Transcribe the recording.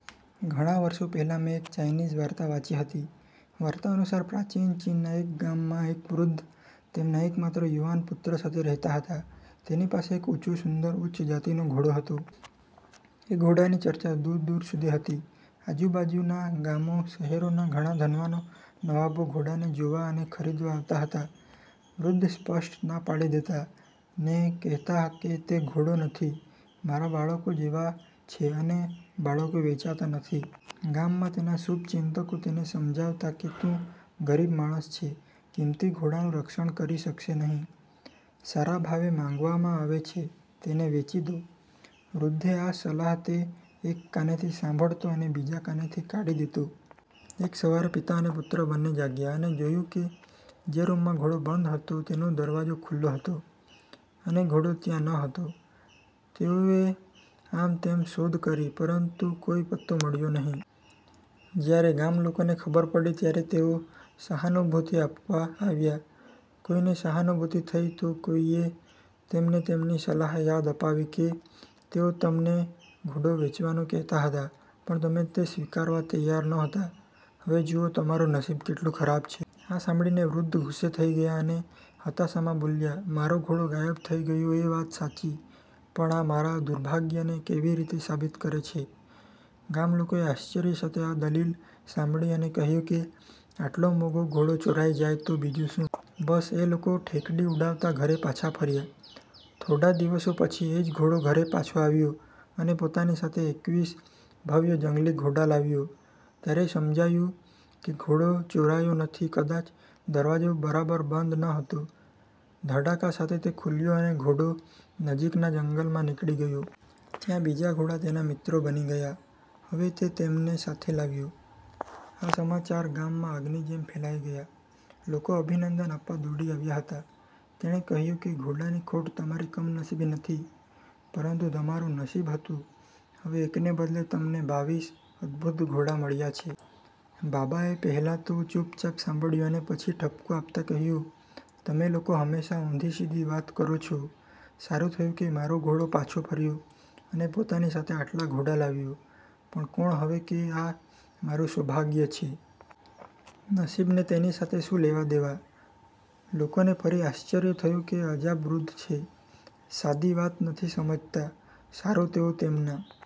ઘણા વર્ષો પહેલા મેં એક ચાઈનીઝ વાર્તા વાંચી હતી, વાર્તા અનુસાર, પ્રાચીન ચીનના એક ગામમાં, એક વૃદ્ધ તેમના એકમાત્ર યુવાન પુત્ર સાથે રહેતા હતા. તેની પાસે એક ઊંચો, સુંદર, ઉચ્ચ જાતિનો ઘોડો હતો. આ ઘોડાની ચર્ચા દૂર દૂર સુધી હતી. આજુબાજુના ગામો, શહેરોના ઘણા ધનવાનો, નવાબો ઘોડા ને જોવા અને ખરીદવા આવતા હતા. વૃદ્ધ સ્પષ્ટ ના પાડી દેતા. ને કહેતા કે તે ઘોડો નથી, મારા બાળકો જેવો છે અને બાળકો વેચાતા નથી. ગામમાં તેના શુભચિંતકો તેને સમજાવતા કે તું ગરીબ માણસ છે, કિંમતી ઘોડાનું રક્ષણ કરી શકશે નહીં, સારા ભાવે માંગવામાં આવે છે, તેને વેચી દો. વૃદ્ધે આ સલાહતે એક કાનેથી સાંભળતો અને બીજા કાનેથી કાઢી દેતો. એક સવારે પિતા અને પુત્ર બંને જાગયા અને જોયું કે જે રૂમમાં ઘોડો બંધ હતો તેનો દરવાજો ખુલ્લો હતો અને ઘોડો ત્યાં નહોતો. તેઓએ આમ તેમ શોધ કરી, પરંતુ કોઈ પત્તો મળ્યો નહીં. જ્યારે ગામલોકોને ખબર પડી ત્યારે તેઓ સહાનુભૂતિ આપવા આવ્યા. કોઈને સહાનુભૂતિ થઈ, તો કોઈએ તેમને તેમની સલાહ યાદ અપાવી કે તેઓ તમને ઘોડો વેચવાનું કહેતા હતા, પણ તમે તે સ્વીકારવા તૈયાર નહોતા, હવે જુઓ તમારું નસીબ કેટલું ખરાબ છે. આ સાંભળીને વૃદ્ધ ગુસ્સે થઈ ગયા અને હતાશામાં બોલ્યા, મારો ઘોડો ગાયબ થઈ ગયો એ વાત સાચી, પણ આ મારા દુર્ભાગ્યને કેવી રીતે સાબિત કરે છે? ગામલોકોએ આશ્ચર્ય સાથે આ દલીલ સાંભળી અને કહ્યું કે આટલો મોંઘો ઘોડો ચોરાઈ જાય તો બીજું શું? બસ, એ લોકો ઠેકડી ઉડાવતા ઘરે પાછા ફર્યા. થોડા દિવસો પછી એ જ ઘોડો ઘરે પાછો આવ્યો અને પોતાની સાથે એકવીસ ભવ્ય જંગલી ઘોડા લાવ્યો. ત્યારે સમજાયું કે ઘોડો ચોરાયો નથી, કદાચ દરવાજો બરાબર બંધ ન હતો, ધડાકા સાથે તે ખુલ્યો અને ઘોડો નજીકના જંગલમાં નીકળી ગયો. ત્યાં બીજા ઘોડા તેના મિત્રો બની ગયા, હવે તે તેમને સાથે લાવ્યો. આ સમાચાર ગામમાં આગની જેમ ફેલાઈ ગયા. લોકો અભિનંદન આપવા દોડી આવ્યા હતા. તેણે કહ્યું કે ઘોડાની ખોટ તમારી કમનસીબી નથી, પરંતુ તમારું નસીબ હતું, હવે એકને બદલે તમને બાવીસ અદ્ભુત ઘોડા મળ્યા છે. બાબાએ પહેલા તો ચુપચાપ સાંભળ્યું અને પછી ઠપકો આપતા કહ્યું, તમે લોકો હંમેશા ઉંધી સીધી વાત કરો છો, સારું થયું કે મારો ઘોડો પાછો ફર્યો અને પોતાની સાથે આટલા ઘોડા લાવ્યો, પણ કોણ કહે કે આ મારું સૌભાગ્ય છે? નસીબને તેની સાથે શું લેવાદેવા? લોકોને ફરી આશ્ચર્ય થયું કે અજાબ વૃદ્ધ છે, સાદી વાત નથી સમજતા. સારું, તેઓ તેમના